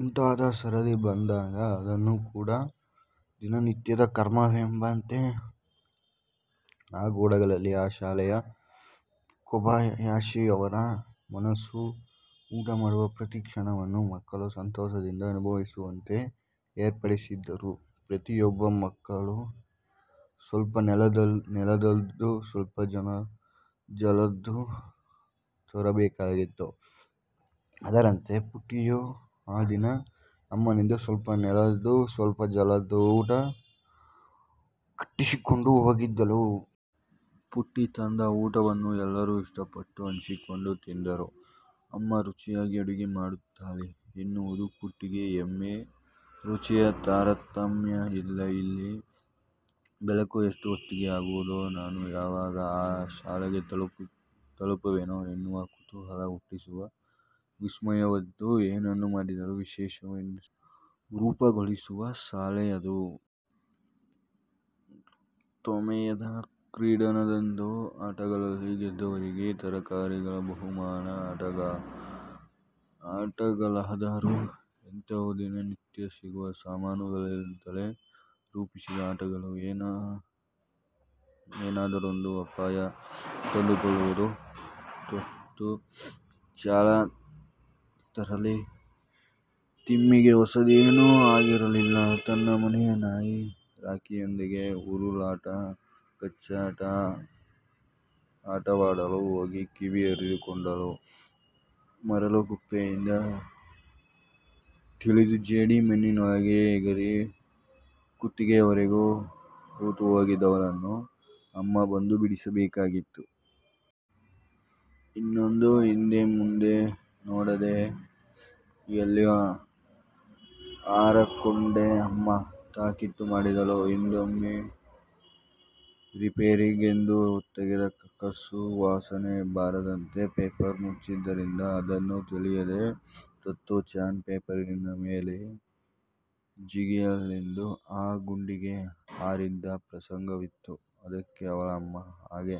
ಊಟದ ಸರದಿ ಬಂದಾಗ ಅದನ್ನು ಕೂಡ ದಿನ ನಿತ್ಯದ ಕರ್ಮವೆಂಬಂತೆ ಆಗಗೊಡಲಿಲ್ಲ ಆ ಶಾಲೆಯ ಕೊಬಯಾಶಿಯವರ ಮನಸ್ಸು. ಊಟ ಮಾಡುವ ಪ್ರತಿ ಕ್ಷಣವನ್ನು ಮಕ್ಕಳು ಸಂತೋಷದಿಂದ ಅನುಭವಿಸುವಂತೆ ಏರ್ಪಡಿಸಿದ್ದರು. ಪ್ರತಿಯೊಬ್ಬ ಮಕ್ಕಳು "ಸ್ವಲ್ಪ ನೆಲದ್ದು, ಸ್ವಲ್ಪ ಜಲದ್ದು" ತರಬೇಕಾಗಿತ್ತು. ಅದರಂತೆ ಪುಟ್ಟಿಯೂ ಆ ದಿನ ಅಮ್ಮನಿಂದ 'ಸ್ವಲ್ಪ ನೆಲದ್ದು, ಸ್ವಲ್ಪ ಜಲದ್ದು' ಊಟ ಕಟ್ಟಿಸಿಕೊಂಡು ಹೋಗಿದ್ದಳು. ಪುಟ್ಟಿ ತಂದ ಊಟವನ್ನು ಎಲ್ಲರು ಇಷ್ಟಪಟ್ಟು ಹಂಚಿಕೊಂಡು ತಿಂದರು. ಅಮ್ಮ ರುಚಿಯಾಗಿ ಅಡುಗೆ ಮಾಡುತ್ತಾಳೆ ಎನ್ನುವುದು ಪುಟ್ಟಿಗೆ ಹೆಮ್ಮೆ. ರುಚಿಯ ತಾರತಮ್ಯ ಇಲ್ಲ ಅಲ್ಲಿ. ಬೆಳಕು ಎಷ್ಟು ಹೊತ್ತಿಗೆ ಆಗುವುದೋ ನಾನು ಯಾವಾಗ ಆ ಶಾಲೆಗೆ ತಲುಪುವೆನೋ ಎನ್ನುವ ಕುತೂಹಲ ಹುಟ್ಟಿಸುವ 'ವಿಸ್ಮಯ'ದ್ದು. ಏನನ್ನು ಮಾಡಿದರು ವಿಶೇಷವೆನ್ನುವಂತೆ ರೂಪುಗೊಳಿಸುವ ಶಾಲೆ ಅದು. ತೊಮೆಯೆದ ಕ್ರೀಡಾದಿನದಂದು ಅಟಗಳಲ್ಲಿ ಗೆದ್ದವರಿಗೆ ತರಕಾರಿಗಳ ಬಹುಮಾನ. ಆಟಗಳಾದರು ಎಂಥವು ದಿನನಿತ್ಯ ಸಿಗುವ ಸಾಮಾನುಗಳಿಂದಲೇ ರೂಪಿಸಿದ್ದ ಆಟಗಳು. ಏನಾದರೊಂದು ಅಪಾಯ ತಂದುಕೊಳ್ಳುವುದು ತೊತ್ತೋ-ಚಾನಳಂಥ ತರಲೆ ತಿಮ್ಮಿಗೆ ಹೊಸದೇನು ಆಗಿರಲಿಲ್ಲ. ತನ್ನ ಮನೆಯ ನಾಯಿ ರಾಕಿಯೊಂದಿಗೆ ಉರುಳಾಟ ಕಚ್ಚಾಟದ ಆಟವಾಡಲು ಹೋಗಿ ಕಿವಿ ಹರಿದುಕೊಂಡಿದ್ದಳು. ಮರಳು ಗುಪ್ಪೆಯೆಂದು ತಿಳಿದು ಜೇಡಿ ಮಣ್ಣಿನೊಳಗೆ ಎಗರಿ ಕುತ್ತಿಗೆಯವರೆಗು ಹೂತು ಹೋಗಿದ್ದವಳನ್ನು ಅಮ್ಮ ಬಂದು ಬಿಡಿಸಬೇಕಾಗಿತ್ತು. ಇನ್ನೆಂದೂ ಹಿಂದೆ ಮುಂದೆ ನೋಡದೆ ಎಲ್ಲಿಯೂ ಹಾರಕೂಡದೆಂದು ಅಮ್ಮ ತಾಕೀತು ಮಾಡಿದಳು. ಹಿಂದೊಮ್ಮೆ ರಿಪೇರಿಗೆಂದು ತೆಗೆದ ಕಕ್ಕಸ್ಸು ವಾಸನೆ ಬಾರದಂತೆ ಪೇಪರು ಮುಚ್ಚಿದ್ದರಿಂದ ಅದನ್ನು ತಿಳಿಯದೆ ತೊತ್ತೋ-ಚಾನ್ ಪೇಪರಿನ ಮೇಲೆ ಜಿಗಿಯಲೆಂದು ಆ ಗುಂಡಿಗೆ ಹಾರಿದ್ದ ಪ್ರಸಂಗವಿತ್ತು. ಅದಕ್ಕೇ ಅವಳ ಅಮ್ಮ ಹಾಗೆ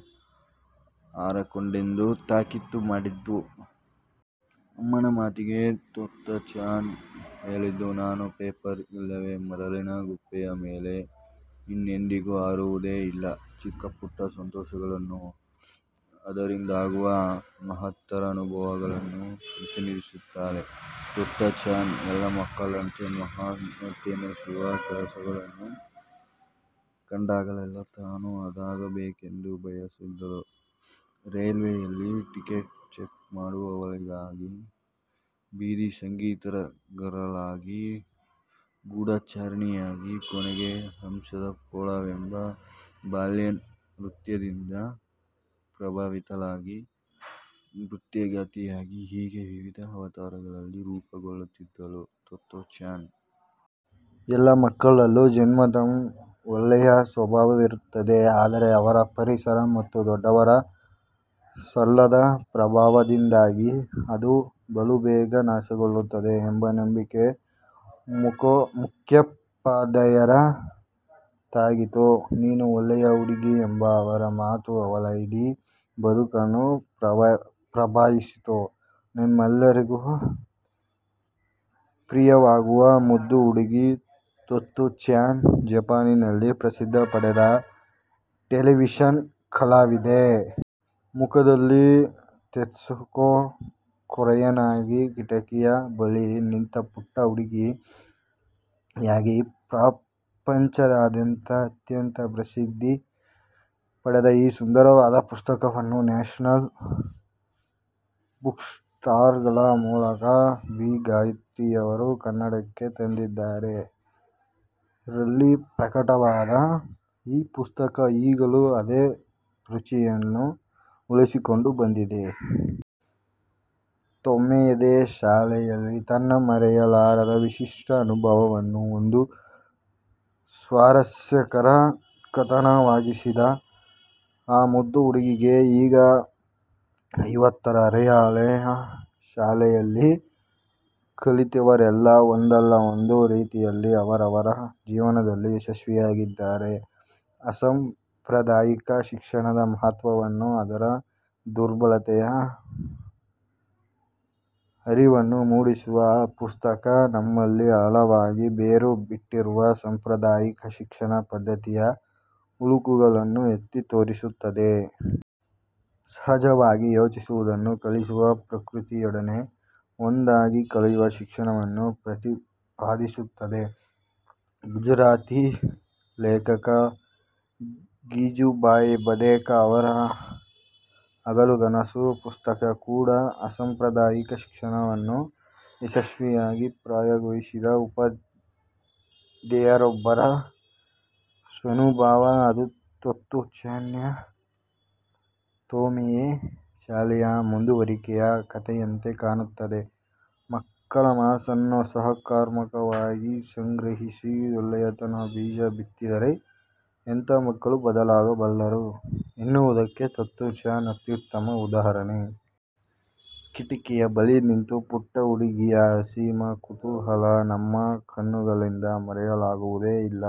ಹಾರಕೂಡದೆಂದು ತಾಕೀತು ಮಾಡಿದ್ದು. ಅಮ್ಮನ ಮಾತಿಗೆ ತೊತ್ತೋ-ಚಾನ್ ಹೇಳಿದ್ದು: ನಾನು ಪೇಪರು ಇಲ್ಲವೇ ಮರಳಿನ ಗುಪ್ಪೆಯ ಮೇಲೆ ಇನ್ನೆಂದಿಗೂ ಹಾರುವುದೇ ಇಲ್ಲ. ಚಿಕ್ಕ ಪುಟ್ಟ ಸಂತೋಷಗಳನ್ನು, ಅದರಿಂದಾಗುವ ಮಹತ್ತರ ಅನುಭವಗಳನ್ನು ಪ್ರತಿನಿಧಿಸುತ್ತಾಳೆ ತೊತ್ತೋ-ಚಾನ್ ಎಲ್ಲ ಮಕ್ಕಳಂತೆ ಮಹತ್ವದೆನ್ನಿಸುವ ಕೆಲಸ ಗಳನ್ನು ಕಂಡಾಗಲೆಲ್ಲ ತಾನು ಅದಾಗಬೇಕೆಂದು ಬಯಸುತ್ತಿದ್ದಳು. ರೇಲ್ವೆಯಲ್ಲಿ ಟಿಕೆಟ್ ಚೆಕ್ ಮಾಡುವವಳಾಗಿ, ಬೀದಿ ಸಂಗೀತಗಾರಳಾಗಿ, ಗೂಢಾಚಾರಿಣಿಯಾಗಿ, ಕೊನೆಗೆ 'ಹಂಸದ ಕೊಳ'ವೆಂಬ ಬ್ಯಾಲೆ ನೃತ್ಯದಿಂದ ಪ್ರಭಾವಿತಳಾಗಿ ನೃತ್ಯಗಾತಿಯಾಗಿ-ಹೀಗೆ ವಿವಿಧ ಅವತಾರಗಳಲ್ಲಿ ರೂಪುಗೊಳ್ಳುತ್ತಿದ್ದಳು ತೊತ್ತೋ-ಚಾನ್. ಎಲ್ಲ ಮಕ್ಕಳಲ್ಲೂ ಜನ್ಮತಃ ಒಳ್ಳೆಯ ಸ್ವಭಾವವಿರುತ್ತದೆ. ಆದರೆ ಅವರ ಪರಿಸರ ಮತ್ತು ದೊಡ್ಡವರ ಸಲ್ಲದ ಪ್ರಭಾವದಿಂದಾಗಿ ಅದು ಬಲುಬೇಗ ನಾಶಗೊಳ್ಳುತ್ತದೆ ಎಂಬ ನಂಬಿಕೆ ಮುಖ್ಯೋಪಾಧ್ಯಾಯರ ದಾಗಿತ್ತು. "ನೀನು ಒಳ್ಳೆಯ ಹುಡುಗಿ" ಎಂಬ ಅವರ ಮಾತು ಅವಳ ಇಡೀ ಬದುಕನ್ನು ಪ್ರಭಾವಿಸಿತ್ತು. ನಮ್ಮೆಲ್ಲರಿಗು ಪ್ರಿಯವಾಗುವ ಮುದ್ದು ಹುಡುಗಿ ತೊತ್ತೋ-ಚಾನ್ ಜಪಾನಿನಲ್ಲಿ ಪ್ರಸಿದ್ದಿ ಪಡೆದ ಟೆಲಿವಿಷನ್ ಕಲಾವಿದೆ. ಮೂಲದಲ್ಲಿ "ತೆತ್ಸುಕೊ ಕೊರೊಯಾನಾಗಿ"- 'ಕಿಟಕಿಯ ಬಳಿ ನಿಂತ ಪುಟ್ಟ ಹುಡುಗಿ' ಯಾಗಿ ಪ್ರಪಂಚಾದ್ಯಂತ ಅತ್ಯಂತ ಪ್ರಸಿದ್ದಿ ಪಡೆದ ಈ ಸುಂದರವಾದ ಪುಸ್ತಕವನ್ನು ನ್ಯಾಷನಲ್ ಬುಕ್ಟ್ರಸ್ಟ್ನವರ ಮೂಲಕ ವಿ. ಗಾಯತ್ರಿ ಯವರು ಕನ್ನಡಕ್ಕೆ ತಂದಿದ್ದಾರೆ. ರಲ್ಲಿ ಪ್ರಕಟವಾದ ಈ ಪುಸ್ತಕ ಈಗಲೂ ಅದೇ ರುಚಿಯನ್ನು ಉಳಿಸಿಕೊಂಡು ಬಂದಿದೆ. ತೊಮೆಯೆದ ಶಾಲೆಯಲ್ಲಿ ತನ್ನ ಮರೆಯಲಾರದ ವಿಶಿಷ್ಟ ಅನುಭವವನ್ನು ಒಂದು ಸ್ವಾರಸ್ಯಕರ ಕಥಾನಕವಾಗಿಸಿದ ಆ ಮುದ್ದು ಹುಡುಗಿಗೆ ಈಗ ಐವತ್ತರ ಹರೆಯ. ಆ ಶಾಲೆಯಲ್ಲಿ ಕಲಿತವರೆಲ್ಲ ಒಂದಲ್ಲ ಒಂದು ರೀತಿಯಲ್ಲಿ ಅವವರವರ ಜೀವನದಲ್ಲಿ ಯಶಸ್ವಿಯಾಗಿದ್ದಾರೆ. ಅಸಂಪ್ರದಾಯಿಕ ಶಿಕ್ಷಣದ ಮಹತ್ವವನ್ನು ಅದರ ದುರ್ಲಭತೆಯ ಅರಿವನ್ನು ಮೂಡಿಸುವ ಈ ಪುಸ್ತಕ, ನಮ್ಮಲ್ಲಿ ಆಳವಾಗಿ ಬೇರು ಬಿಟ್ಟಿರುವ ಸಾಂಪ್ರದಾಯಿಕ ಶಿಕ್ಷಣ ಪದ್ದತಿಯ ಹುಳುಕುಗಳನ್ನು ಎತ್ತಿತೋರಿಸುತ್ತದೆ. ಸಹಜವಾಗಿ ಯೋಚಿಸುವುದನ್ನು ಕಲಿಸುವ, ಪ್ರಕೃತಿಯೊಡನೆ ಒಂದಾಗಿ ಕಲಿಯುವ ಶಿಕ್ಷಣವನ್ನು ಪ್ರತಿಪಾದಿಸುತ್ತದೆ. ಗುಜರಾತಿ ಲೇಖಕ ಗೀಜೂಬಾಯಿ ಬಧೇಕ ಅವರ 'ಹಗಲುಗನಸು' ಪುಸ್ತಕ ಕೂಡ ಅಸಂಪ್ರದಾಯಿಕ ಶಿಕ್ಷಣದವನ್ನು ಯಶಸ್ವಿಯಾಗಿ ಪ್ರಯೋಗಿಸಿದ ಉಪಾಧ್ಯಾಯರೊಬ್ಬರ ಸ್ವಾನುಭವ. ಅದು ತೊತ್ತೋ-ಚಾನ್ಳ ತೊಮೆಯೆ ಶಾಲೆಯ ಮುಂದುವರಿಕೆಯ ಕಥೆಯಂತೆ ಕಾಣುತ್ತದೆ. ಮಕ್ಕಳ ಮನಸ್ಸನ್ನು ಸಕಾರಾತ್ಮಕವಾಗಿ ಗ್ರಹಿಸಿ ಒಳ್ಳೆಯತನದ ಬೀಜ ಬಿತ್ತಿದರೆ ಎಂಥ ಮಕ್ಕಳು ಬದಲಾಗಬಲ್ಲರು ಎನ್ನುವುದಕ್ಕೆ ತೊತ್ತೋ-ಚಾನ್ ಅತ್ಯುತ್ತಮ ಉದಾಹರಣೆ. 'ಕಿಟಕಿಯ ಬಳಿ ನಿಂತ ಪುಟ್ಟ ಹುಡುಗಿಯ' ಅಸೀಮ ಕುತೂಹಲ ನಮ್ಮ ಕಣ್ಣುಗಳಿಂದ ಮರೆಯಾಗುವುದೇ ಇಲ್ಲ.